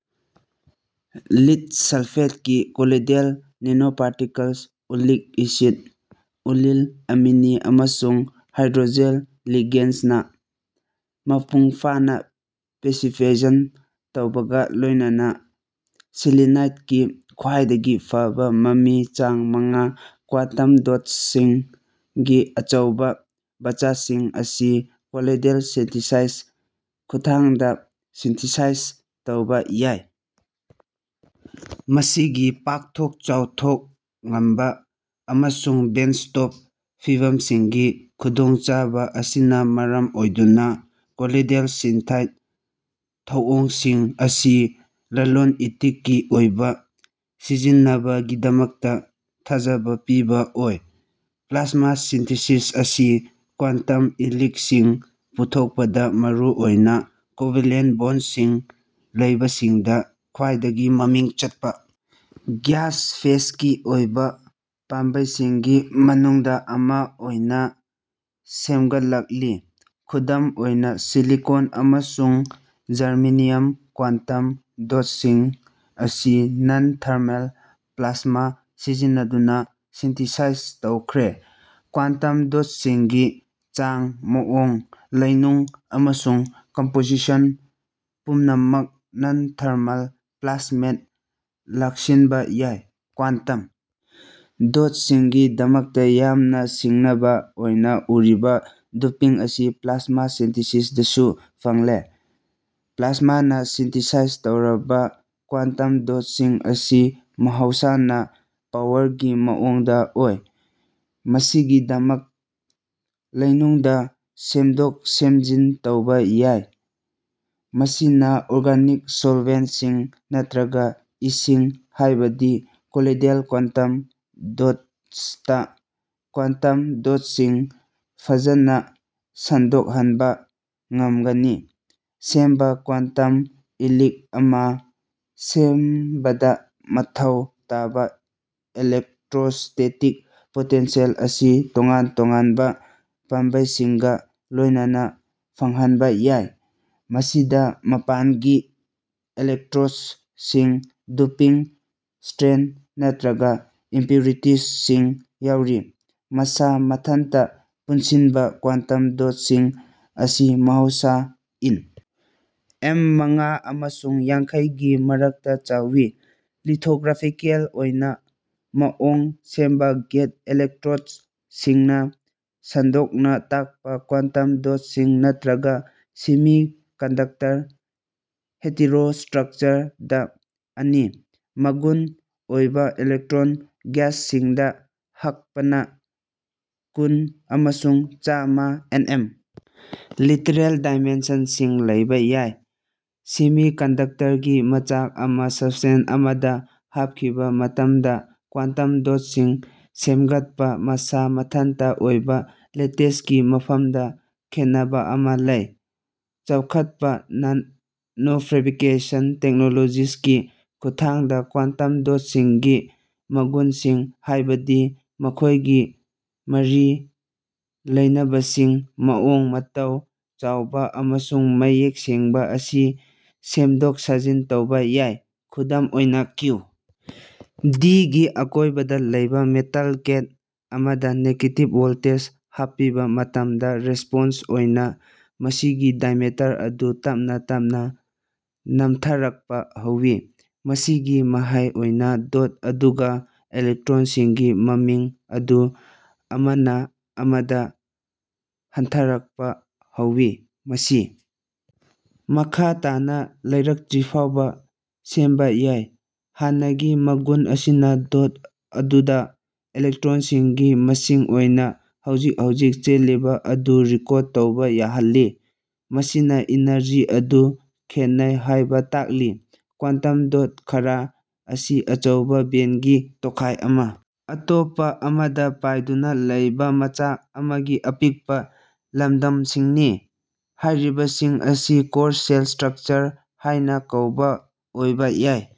Lead ꯁꯜꯐꯥꯏꯗꯀꯤ colloidal nanoparticle (oleic acid, oleyl amine, ꯑꯃꯁꯨꯡ hydroxyl ꯂꯤꯒꯦꯟꯗꯁꯤꯡꯅ ꯃꯄꯨꯡꯐꯥꯅ ꯄꯥꯁꯤꯚꯦꯁꯟ ꯇꯧꯕꯒ ꯂꯣꯏꯅꯅ ꯁꯦꯂꯦꯅꯤꯗ ꯀꯤ ꯈ꯭ꯋꯥꯏꯗꯒꯤ ꯐꯕ ꯃꯃꯤ (ꯆꯥꯡ ꯃꯉꯥ) ꯀ꯭ꯋꯥꯟꯇꯝ ꯗꯣꯠꯁꯤꯡꯒꯤ ꯑꯆꯧꯕ ꯕꯆꯁꯤꯡ ꯑꯁꯤ ꯀꯣꯂꯣꯏꯗꯦꯜ ꯁꯤꯟꯊꯤꯁꯤꯁ ꯈꯨꯠꯊꯥꯡꯗ ꯁꯤꯟꯊꯤꯁꯥꯏꯖ ꯇꯧꯕ ꯌꯥꯏ꯫ ꯃꯁꯤꯒꯤ ꯄꯥꯛꯊꯣꯛ-ꯆꯥꯎꯊꯣꯛꯄ ꯉꯝꯕ ꯑꯃꯁꯨꯡ ꯕꯦꯟꯆꯇꯣꯞ ꯐꯤꯚꯝꯁꯤꯡꯒꯤ ꯈꯨꯗꯣꯡꯆꯥꯕ ꯑꯁꯤꯅ ꯃꯔꯝ ꯑꯣꯏꯗꯨꯅ ꯀꯣꯂꯣꯏꯗꯦꯜ ꯁꯤꯟꯊꯤꯌꯥꯠ ꯊꯧꯑꯣꯡꯁꯤꯡ ꯑꯁꯤ ꯂꯂꯣꯟ-ꯏꯇꯤꯛꯀꯤ ꯑꯣꯏꯕ ꯁꯤꯖꯤꯟꯅꯕꯒꯤꯗꯃꯛꯇ ꯊꯥꯖꯕ ꯄꯤꯕ ꯑꯣꯏ꯫ ꯄ꯭ꯂꯥꯁꯃꯥ ꯁꯤꯟꯊꯤꯁꯤꯁ ꯑꯁꯤ ꯀ꯭ꯋꯥꯟꯇꯝ ꯏꯂꯤꯛꯁꯤꯡ ꯄꯨꯊꯣꯛꯄꯗ ꯃꯔꯨꯑꯣꯏꯅ ꯀꯣꯚꯂꯦꯟ ꯕꯣꯟꯁꯤꯡ ꯂꯩꯕꯁꯤꯡꯗ ꯈ꯭ꯋꯥꯏꯗꯒꯤ ꯃꯃꯤꯡ ꯆꯠꯄ ꯒ꯭ꯌꯥꯁ-ꯐꯦꯁꯀꯤ ꯑꯣꯏꯕ ꯄꯥꯝꯕꯩꯁꯤꯡꯒꯤ ꯃꯅꯨꯡꯗ ꯑꯃ ꯑꯣꯏꯅ ꯁꯦꯝꯒꯠꯂꯛꯂꯤ꯫ ꯈꯨꯗꯝ ꯑꯣꯏꯅ ꯁꯤꯂꯤꯀꯣꯟ ꯑꯃꯁꯨꯡ ꯖꯔꯃꯦꯅꯤꯌꯝ ꯀ꯭ꯋꯥꯟꯇꯝ ꯗꯣꯠꯁꯤꯡ ꯑꯁꯤ ꯅꯣꯟꯊꯔꯃꯦꯜ ꯄ꯭ꯂꯥꯁꯃꯥ ꯁꯤꯖꯤꯟꯅꯗꯨꯅ ꯁꯤꯟꯊꯦꯁꯥꯏꯖ ꯇꯧꯈ꯭ꯔꯦ꯫ ꯀ꯭ꯋꯥꯟꯇꯝ ꯗꯣꯠꯁꯤꯡꯒꯤ ꯆꯥꯡ, ꯃꯑꯣꯡ, ꯂꯩꯅꯨꯡ ꯑꯃꯁꯨꯡ ꯀꯝꯄꯣꯖꯤꯁꯟ ꯄꯨꯝꯅꯃꯛ ꯅꯣꯟꯊꯔꯃꯦꯜ ꯄ꯭ꯂꯥꯁꯃꯥꯗ ꯂꯥꯛꯁꯤꯟꯕ ꯌꯥꯏ꯫ ꯀ꯭ꯋꯥꯟꯇꯝ ꯗꯣꯠꯁꯤꯡꯒꯤꯗꯃꯛꯇ ꯌꯥꯝꯅ ꯁꯤꯡꯅꯕ ꯑꯣꯏꯅ ꯎꯔꯤꯕ ꯗꯣꯄꯤꯡ ꯑꯁꯤ ꯄ꯭ꯂꯥꯁꯃꯥ ꯁꯤꯟꯊꯤꯁꯤꯁꯗꯁꯨ ꯐꯪꯂꯦ꯫ ꯄ꯭ꯂꯥꯁꯃꯥꯅ ꯁꯤꯟꯊꯦꯁꯥꯏꯖ ꯇꯧꯔꯕ ꯀ꯭ꯋꯥꯟꯇꯝ ꯗꯣꯠꯁꯤꯡ ꯑꯁꯤ ꯃꯍꯧꯁꯥꯅ ꯄꯧꯗꯔꯒꯤ ꯃꯑꯣꯡꯗ ꯑꯣꯏ, ꯃꯁꯤꯒꯤꯗꯃꯛ ꯂꯩꯅꯨꯡꯗ ꯁꯦꯝꯗꯣꯛ-ꯁꯦꯝꯖꯤꯟ ꯇꯧꯕ ꯌꯥꯏ꯫ ꯃꯁꯤꯅ ꯑꯣꯔꯒꯅꯤꯛ ꯁꯣꯜꯚꯦꯟꯠꯁꯤꯡ ꯅꯠꯇ꯭ꯔꯒ ꯏꯁꯤꯡ (ꯍꯥꯏꯕꯗꯤ colloidal quantum dots) the quantum ꯗꯣꯠꯁꯤꯡ ꯐꯖꯅ ꯁꯟꯗꯣꯛꯍꯟꯕ ꯉꯝꯒꯅꯤ꯫ ꯁꯦꯝꯕ ꯀ꯭ꯋꯥꯟꯇꯝ ꯏꯂꯤꯛ ꯑꯃ ꯁꯦꯝꯕꯗ ꯃꯊꯧ ꯇꯥꯕ ꯏꯂꯦꯛꯇ꯭ꯔꯣꯁ꯭ꯇꯦꯇꯤꯛ ꯄꯣꯇꯦꯟꯁꯦꯜ ꯑꯁꯤ ꯇꯣꯉꯥꯟ ꯇꯣꯉꯥꯟꯕ ꯄꯥꯝꯕꯩꯁꯤꯡꯒ ꯂꯣꯏꯅꯅ ꯐꯪꯍꯟꯕ ꯌꯥꯏ꯫ ꯃꯁꯤꯗ ꯃꯄꯥꯟꯒꯤ ꯏꯂꯦꯛꯇ꯭ꯔꯣꯗꯁꯤꯡ, ꯗꯣꯄꯤꯡ, ꯁ꯭ꯇ꯭ꯔꯦꯟ, ꯅꯠꯇ꯭ꯔꯒ ꯏꯝꯄꯨꯔꯤꯇꯤꯁꯤꯡ ꯌꯥꯎꯔꯤ꯫ ꯃꯁꯥ ꯃꯊꯟꯇ ꯄꯨꯟꯁꯤꯟꯕ ꯀ꯭ꯋꯥꯟꯇꯝ ꯗꯣꯠꯁꯤꯡ ꯑꯁꯤ ꯃꯍꯧꯁꯥꯅ ꯑꯦꯟ. ꯑꯦꯝ. ꯃꯉꯥ ꯑꯃꯁꯨꯡ ꯌꯥꯡꯈꯩ ꯒꯤ ꯃꯔꯛꯇ ꯆꯥꯎꯏ꯫ ꯂꯤꯊ꯭ꯔꯣꯒ꯭ꯔꯥꯐꯤꯀꯦꯜ ꯑꯣꯏꯅ ꯃꯑꯣꯡ ꯁꯦꯝꯕ ꯒꯦꯠ ꯏꯂꯦꯛꯇ꯭ꯔꯣꯗꯁꯤꯡꯅ ꯁꯟꯗꯣꯛꯅ ꯇꯥꯛꯄ ꯀ꯭ꯋꯥꯟꯇꯝ ꯗꯣꯠꯁꯤꯡ, ꯅꯠꯇ꯭ꯔꯒ ꯁꯦꯃꯤꯀꯟꯗꯛꯇꯔ ꯍꯦꯇꯦꯔꯣꯁ꯭ꯇ꯭ꯔꯛꯆꯔꯁꯤꯡꯗ ꯑꯅꯤ ꯃꯒꯨꯟ ꯑꯣꯏꯕ ꯏꯂꯦꯛꯇ꯭ꯔꯣꯟ ꯒꯦꯁꯁꯤꯡꯗ ꯍꯛꯄꯅ ꯀꯨꯟ ꯑꯃꯁꯨꯡ ꯆꯥꯃ ꯑꯦꯟ. ꯑꯦꯝ. ꯒꯤ ꯃꯔꯛꯇ ꯂꯦꯇꯔꯦꯜ ꯗꯥꯏꯃꯦꯟꯁꯟꯁꯤꯡ ꯂꯩꯕ ꯌꯥꯏ꯫ ꯁꯦꯃꯤꯀꯟꯗꯛꯇꯔꯒꯤ ꯃꯆꯥꯛ ꯑꯃ ꯁꯕꯁ꯭ꯇ꯭ꯔꯦꯠ ꯑꯃꯗ ꯍꯥꯞꯈꯤꯕ ꯃꯇꯝꯗ ꯀ꯭ꯋꯥꯟꯇꯝ ꯗꯣꯠꯁꯤꯡ ꯁꯦꯝꯒꯠꯄ ꯑꯁꯤ ꯃꯁꯥ ꯃꯊꯟꯇ ꯑꯣꯏꯕ ꯌꯥꯏ ꯑꯃꯁꯨꯡ ꯃꯈꯣꯏꯒꯤ ꯃꯔꯛꯇ ꯂꯦꯇꯤꯁꯀꯤ ꯃꯐꯝꯗ ꯈꯦꯠꯅꯕ ꯑꯃ ꯂꯩ꯫ ꯆꯥꯎꯈꯠꯂꯕ ꯅꯦꯅꯣꯐꯦꯕ꯭ꯔꯤꯀꯦꯁꯟ ꯇꯦꯛꯅꯣꯂꯣꯖꯤꯁꯤꯡꯒꯤ ꯈꯨꯠꯊꯥꯡꯗ ꯀ꯭ꯋꯥꯟꯇꯝ ꯗꯣꯠꯁꯤꯡꯒꯤ ꯃꯒꯨꯟꯁꯤꯡ ꯍꯥꯏꯕꯗꯤ ꯃꯈꯣꯏꯒꯤ ꯃꯔꯤ ꯂꯩꯅꯕꯁꯤꯡ ꯃꯑꯣꯡ-ꯃꯇꯧ ꯆꯥꯎꯕ ꯑꯃꯁꯨꯡ ꯃꯌꯦꯛ ꯁꯦꯡꯕ ꯑꯁꯤ ꯁꯦꯝꯗꯣꯛ ꯁꯥꯖꯤꯟ ꯇꯧꯕ ꯌꯥꯏ꯫ ꯈꯨꯗꯝ ꯑꯣꯏꯅ, ꯀ꯭ꯌꯨ. ꯗꯤ. ꯒꯤ ꯑꯀꯣꯏꯕꯗ ꯂꯩꯕ ꯃꯦꯇꯥꯜ ꯒꯦꯠ ꯑꯃꯗ ꯅꯦꯒꯦꯇꯤꯕ ꯚꯣꯜꯇꯦꯖ ꯍꯥꯞꯄꯤꯕ ꯃꯇꯝꯗ, ꯔꯤꯄ꯭ꯂꯥꯟꯁ ꯑꯣꯏꯅ, ꯃꯁꯤꯒꯤ ꯗꯥꯏꯃꯤꯇꯔ ꯑꯗꯨ ꯇꯞꯅ ꯇꯞꯅ ꯅꯝꯊꯔꯛꯄ ꯍꯧꯋꯤ꯫ ꯃꯁꯤꯒꯤ ꯃꯍꯩ ꯑꯣꯏꯅ ꯗꯣꯠ ꯑꯗꯨꯗ ꯏꯂꯦꯛꯇ꯭ꯔꯣꯟꯁꯤꯡꯒꯤ ꯃꯁꯤꯡ ꯑꯗꯨ ꯑꯃꯅ ꯑꯃꯗ ꯍꯟꯊꯔꯛꯄ ꯍꯧꯏ, ꯃꯁꯤ ꯃꯈꯥ ꯇꯥꯅ ꯂꯩꯔꯛꯇ꯭ꯔꯤꯐꯥꯎꯕ ꯁꯦꯝꯕ ꯌꯥꯏ꯫ ꯍꯥꯟꯅꯒꯤ ꯃꯒꯨꯟ ꯑꯁꯤꯅ ꯗꯣꯠ ꯑꯗꯨꯗ ꯏꯂꯦꯛꯇ꯭ꯔꯣꯟꯁꯤꯡꯒꯤ ꯃꯁꯤꯡ ꯑꯣꯏꯅ ꯍꯧꯖꯤꯛ-ꯍꯧꯖꯤꯛ ꯆꯦꯜꯂꯤꯕ ꯑꯗꯨ ꯔꯦꯀꯣꯔ꯭ꯗ ꯇꯧꯕ ꯌꯥꯍꯜꯂꯤ, ꯃꯁꯤꯅ ꯏꯅꯔꯖꯤ ꯑꯗꯨ ꯈꯦꯠꯅꯩ ꯍꯥꯏꯕ ꯇꯥꯛꯂꯤ꯫ ꯀ꯭ꯋꯥꯟꯇꯝ ꯗꯣꯠ ꯈꯔ ꯑꯁꯤ ꯑꯆꯧꯕ ꯕꯦꯟꯗꯒꯤ ꯇꯣꯈꯥꯏ ꯑꯃ ꯂꯩꯕ ꯑꯇꯣꯞꯄ ꯑꯃꯗ ꯄꯩꯗꯨꯅ ꯂꯩꯕ ꯃꯆꯥꯛ ꯑꯃꯒꯤ ꯑꯄꯤꯛꯄ ꯂꯝꯗꯝꯁꯤꯡꯅꯤ꯫ ꯍꯥꯏꯔꯤꯕꯁꯤꯡ ꯑꯁꯤ ꯀꯣꯔ-ꯁꯦꯜ ꯁ꯭ꯇ꯭ꯔꯛꯆꯔ ꯍꯥꯏꯅ ꯀꯧꯕ ꯑꯣꯏꯕ ꯌꯥꯏ꯫